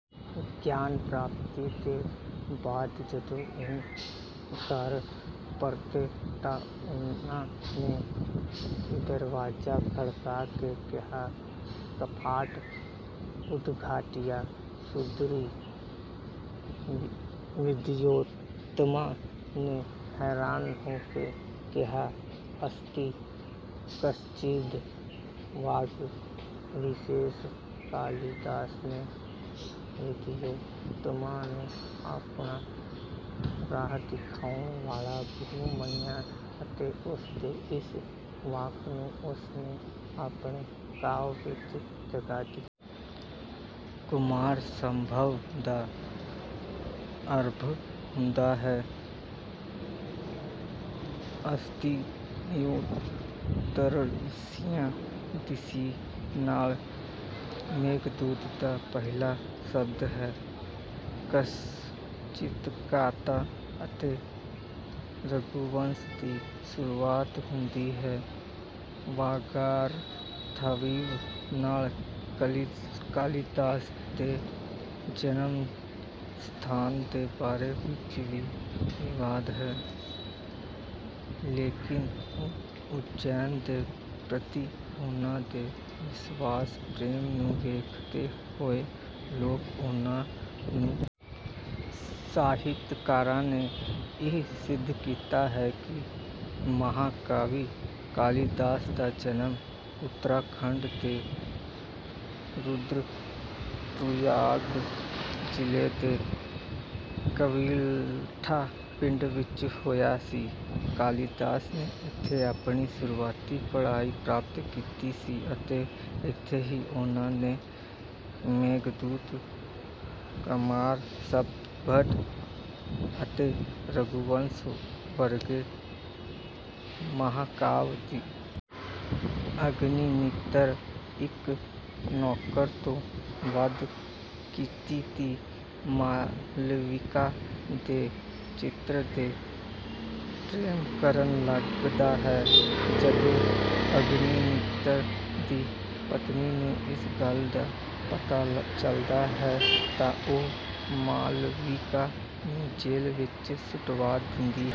ਗਿਆਨ ਪ੍ਰਾਪਤੀ ਦੇ ਬਾਅਦ ਜਦੋਂ ਉਹ ਘਰ ਪਰਤੇ ਤਾਂ ਉਨ੍ਹਾਂ ਨੇ ਦਰਵਾਜਾ ਖੜਕਾ ਕੇ ਕਿਹਾ ਕਪਾਟੰ ਉਦਘਾਟਿਅ ਸੁੰਦਰੀ। ਵਿਦਯੋੱਤਮਾ ਨੇ ਹੈਰਾਨ ਹੋਕੇ ਕਿਹਾ ਅਸਤੀ ਕਸ਼ਚਿਦ ਵਾਗਵਿਸ਼ੇਸ਼। ਕਾਲੀਦਾਸ ਨੇ ਵਿਦਯੋੱਤਮਾ ਨੂੰ ਆਪਣਾ ਰਾਹ ਦਿਖਾਉਣ ਵਾਲਾ ਗੁਰੂ ਮੰਨਿਆ ਅਤੇ ਉਸਦੇ ਇਸ ਵਾਕ ਨੂੰ ਉਸ ਨੇ ਆਪਣੇ ਕਾਵ ਵਿੱਚ ਜਗ੍ਹਾ ਦਿੱਤੀ। ਕੁਮਾਰਸੰਭਵੰ ਦਾ ਅਰੰਭ ਹੁੰਦਾ ਹੈ ਅਸਤਿਉੱਤਰਸਿਆੰ ਦਿਸ਼ਿ ਨਾਲ ਮੇਘਦੂਤਮ ਦਾ ਪਹਿਲਾ ਸ਼ਬਦ ਹੈ ਕਸ਼ਚਿਤਕਾਂਤਾ ਅਤੇ ਰਘੁਵੰਸ਼ੰ ਦੀ ਸ਼ੁਰੁਆਤ ਹੁੰਦੀ ਹੈ ਵਾਗਾਰਥਵਿਵ ਨਾਲ। ਕਾਲੀਦਾਸ ਦੇ ਜਨਮਸਥਾਨ ਦੇ ਬਾਰੇ ਵਿੱਚ ਵੀ ਵਿਵਾਦ ਹੈ ਲੇਕਿਨ ਉੱਜੈਨ ਦੇ ਪ੍ਰਤੀ ਉਨ੍ਹਾਂ ਦੇ ਵਿਸ਼ੇਸ਼ ਪ੍ਰੇਮ ਨੂੰ ਵੇਖਦੇ ਹੋਏ ਲੋਕ ਉਨ੍ਹਾਂ ਨੂੰ ਉੱਜੈਨ ਦਾ ਨਿਵਾਸੀ ਮੰਨਦੇ ਹਨ। ਸਾਹਿਤਕਾਰਾਂ ਨੇ ਇਹ ਸਿੱਧ ਕੀਤਾ ਹੈ ਕਿ ਮਹਾਕਵੀ ਕਾਲੀਦਾਸ ਦਾ ਜਨਮ ਉਤਰਾਖੰਡ ਦੇ ਰੁਦਰਪ੍ਰਯਾਗ ਜਿਲ੍ਹੇ ਦੇ ਕਵਿਲਠਾ ਪਿੰਡ ਵਿੱਚ ਹੋਇਆ ਸੀ। ਕਾਲੀਦਾਸ ਨੇ ਇੱਥੇ ਆਪਣੀ ਸ਼ੁਰੂਆਤੀ ਪੜ੍ਹਾਈ ਪ੍ਰਾਪਤ ਕੀਤੀ ਸੀ ਅਤੇ ਇੱਥੇ ਹੀ ਉਨ੍ਹਾਂ ਨੇ ਮੇਘਦੂਤ ਕੁਮਾਰਸੰਭਵ ਅਤੇ ਰਘੂਵੰਸ਼ ਵਰਗੇ ਮਹਾਂਕਾਵਾਂ ਦੀ ਰਚਨਾ ਕੀਤੀ ਸੀ। ਅਗਨੀਮਿਤਰ ਇੱਕ ਨੌਕਰ ਤੋਂ ਵੱਖ ਕੀਤੀ ਧੀ ਮਾਲਵਿਕਾ ਦੇ ਚਿੱਤਰ ਦੇ ਪ੍ਰੇਮ ਕਰਨ ਲੱਗਦਾ ਹੈ। ਜਦੋਂ ਅਗਨੀਮਿਤਰ ਦੀ ਪਤਨੀ ਨੂੰ ਇਸ ਗੱਲ ਦਾ ਪਤਾ ਚੱਲਦਾ ਹੈ ਤਾਂ ਉਹ ਮਾਲਵਿਕਾ ਨੂੰ ਜੇਲ੍ਹ ਵਿੱਚ ਸੁਟਵਾ ਦਿੰਦੀ ਹੈ।